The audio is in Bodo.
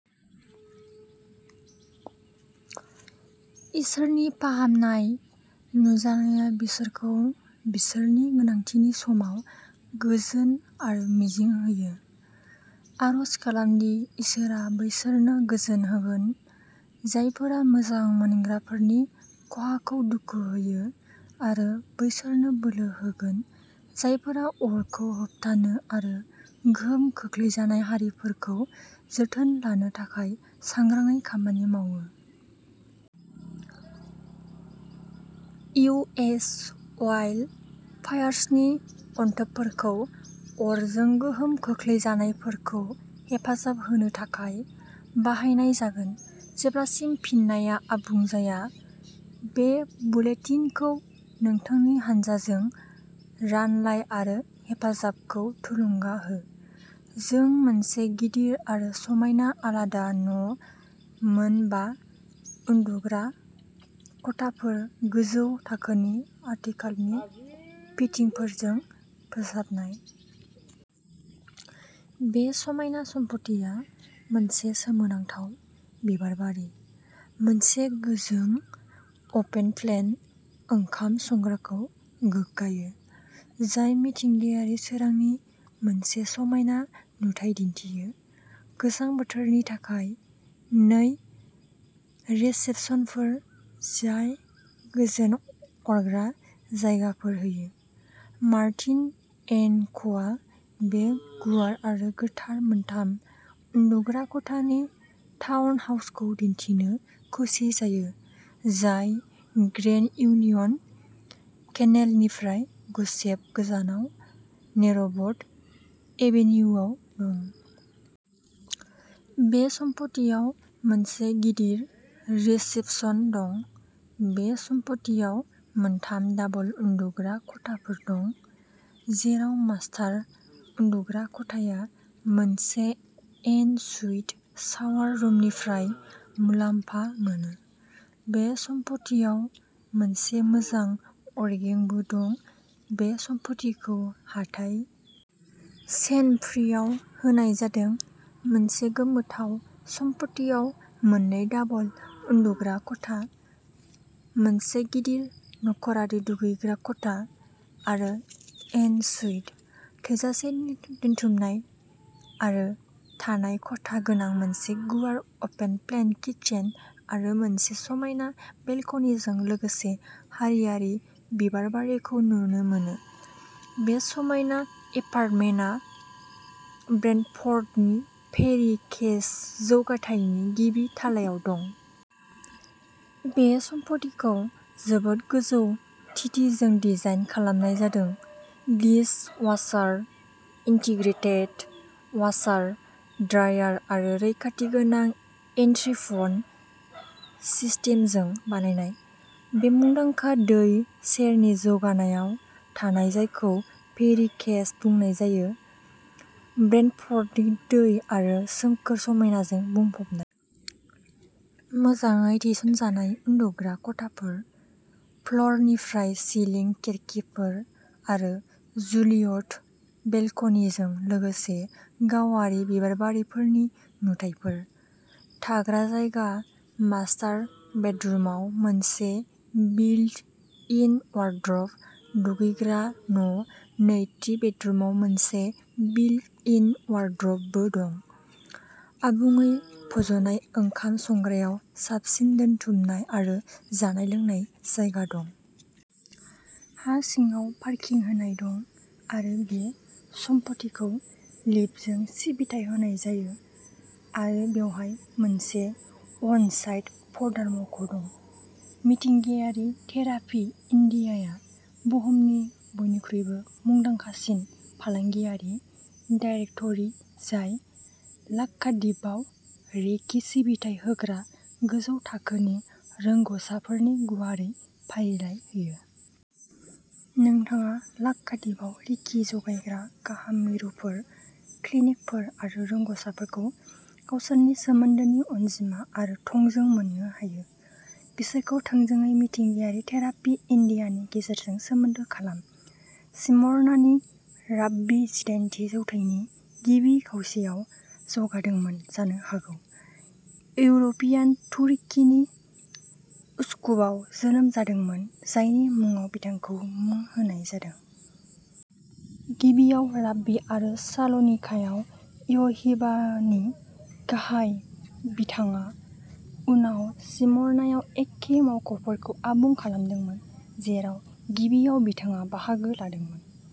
इसोरनि फाहामनाय नुजानाया बिसोरखौ बिसोरनि गोनांथिनि समाव गोजोन आरो मिजिं होयो। आरज खालामदि इसोरआ बैसोरनो गोजोन होगोन जायफोरा मोजां मोनग्राफोरनि खहाखौ दुखु होयो आरो बैसोरनो बोलो होगोन जायफोरा अरखौ होबथानो आरो गोहोम खोख्लैजानाय हारिफोरखौ जोथोन लानो थाखाय सांग्राङै खामानि मावो। इउ एस अवाइल्ड फायार्सनि अनथोबफोरखौ अरजों गोहोम खोख्लैजानायफोरखौ हेफाजाब होनो थाखाय बाहायनाय जागोन जेब्लासिम फिननाया आबुं जाया। बे बुलेटिनखौ नोंथांनि हानजाजों रानलाय आरो हेफाजाबखौ थुलुंगा हो। जों मोनसे गिदिर आरो समायना आलादा न' मोन बा उन्दुग्रा खथाफोर, गोजौ थाखोनि आथिखालनि फिटिंफोरजों फोसाबनाय। बे समायना सम्फथिया मोनसे सोमोनांथाव बिबारबारि, मोनसे गोजों अपेन-प्लान ओंखाम संग्राखौ गोगगायो, जाय मिथिंगायारि सोरांनि मोनसे समायना नुथाय दिन्थियो। गोजां बोथोरनि थाखाय नै रिसेपसनफोर, जाय गोजोन अरग्रा जायगाफोर होयो। मार्टिन एन्ड क'आ बे गुवार आरो गोथार मोनथाम उन्दुग्रा खथानि टाउन हाउसखौ दिन्थिनो खुसि जायो, जाय ग्रेन्ड इउनियन केनेलनिफ्राय गुसेब गोजानाव नेर'बट एभेनियुआव दं। बे सम्फथिआव मोनसे गिदिर रिसेपसन दं। बे सम्फथिआव मोनथाम दाबल उन्दुग्रा खथाफोर दं, जेराव मास्टार उन्दुग्रा खथाया मोनसे एन सुइट सावार रुमनिफ्राय मुलाम्फा मोनो। बे सम्फथिआव मोनसे मोजां अरगेंबो दं। बे सम्फथिखौ हाथाइ चेन फ्रिआव होनाय जादों, मोनसे गोमोथाव सम्फथिआव मोननै दाबल उन्दुग्रा खथा, मोनसे गिदिर नखरारि दुगैग्रा खथा आरो एन सुइट, थोजासे दोनथुमनाय आरो थानाय खथा गोनां मोनसे गुवार अपेन प्लान किटचेन आरो मोनसे समायना बेलकनिजों लोगोसे हारियारि बिबारबारिखौ नुनो मोनो, बे समायना एपार्टमेन्टआ ब्रेन्टफ'र्डनि फेरि केस जौगाथायनि गिबि थालायाव दं। बे सम्फथिखौ जोबोद गोजौ थिथिजों डिजाइन खालामनाय जादों, डिस अवासार, इन्टिग्रेटेड अवासार, ड्रायार आरो रैखाथि गोनां एन्ट्रि फ'न सिस्टेमजों बानायनाय। बे मुंदांखा दै सेरनि जौगानायाव थानाय जायखौ फेरि केस बुंनाय जायो, ब्रेन्टफ'र्डनि दै आरो सोमखोर समायनाजों बुंफबनाय । मोजाङै थिसनजानाय उन्दुग्रा खथाफोर, फ्लरनिफ्राय सिलिं खिरखिफोर आरो जुलियट बेलकनिजों लोगोसे गावारि बिबारबारिफोरनि नुथायफोर। थाग्रा जायगा मास्टार बेडरुमाव मोनसे बिल्ट इन अवारद्रब, दुगैग्रा न', नैथि बेडरुमाव मोनसे बिल्ट इन अवारद्रब बो दं। आबुङै फज'नाय ओंखाम संग्रायाव साबसिन दोनथुमनाय आरो जानाय-लोंनाय जायगा दं। हा सिङाव पारकिं होनाय दं आरो बे सम्फथिखौ लिफ्टजों सिबिथाय होनाय जायो आरो बेवहाय मोनसे अन-साइट पर्टार मावख' दं। मिथिंगायारि थेरापि इन्डियाआ बुहुमनि बयनिख्रुइबो मुंदांखासिन फालांगियारि दाइरेक्टरि जाय लाक्षाद्वीपआव रेकि सिबिथाय होग्रा गोजौ थाखोनि रोंग'सारफोरनि गुवारै फारिलाइ होयो। नोंथाङा लाक्षाद्वीपआव रेकि जगायग्रा गाहाय मिरुफोर, क्लिनिकफोर आरो रोंग'सारफोरखौ गावसोरनि सोमोन्दोनि अनजिमा आरो थंजों मोननो हायो। बिसोरखौ थोंजोङै मिथिंगायारि थेरापि इन्डियानि गेजेरजों सोमोन्दो खालाम। स्मिर्ना नि राब्बि जिदाइनथि जौथाइनि गिबि खावसेयाव जौगादोंमोन जानो हागौ इउर'पियान तुरकिनि उस्कुपआव जोनोम जादोंमोन, जायनि मुङाव बिथांखौ मुं होनाय जादों। गिबियाव राब्बि आरो साल'निकायाव य'हिबाहनि गाहाय, बिथाङा उनाव स्मिर्नाआव एखे मावख'फोरखौ आबुं खालामदोंमोन, जेराव गिबियाव बिथाङा बाहागो लादोंमोन।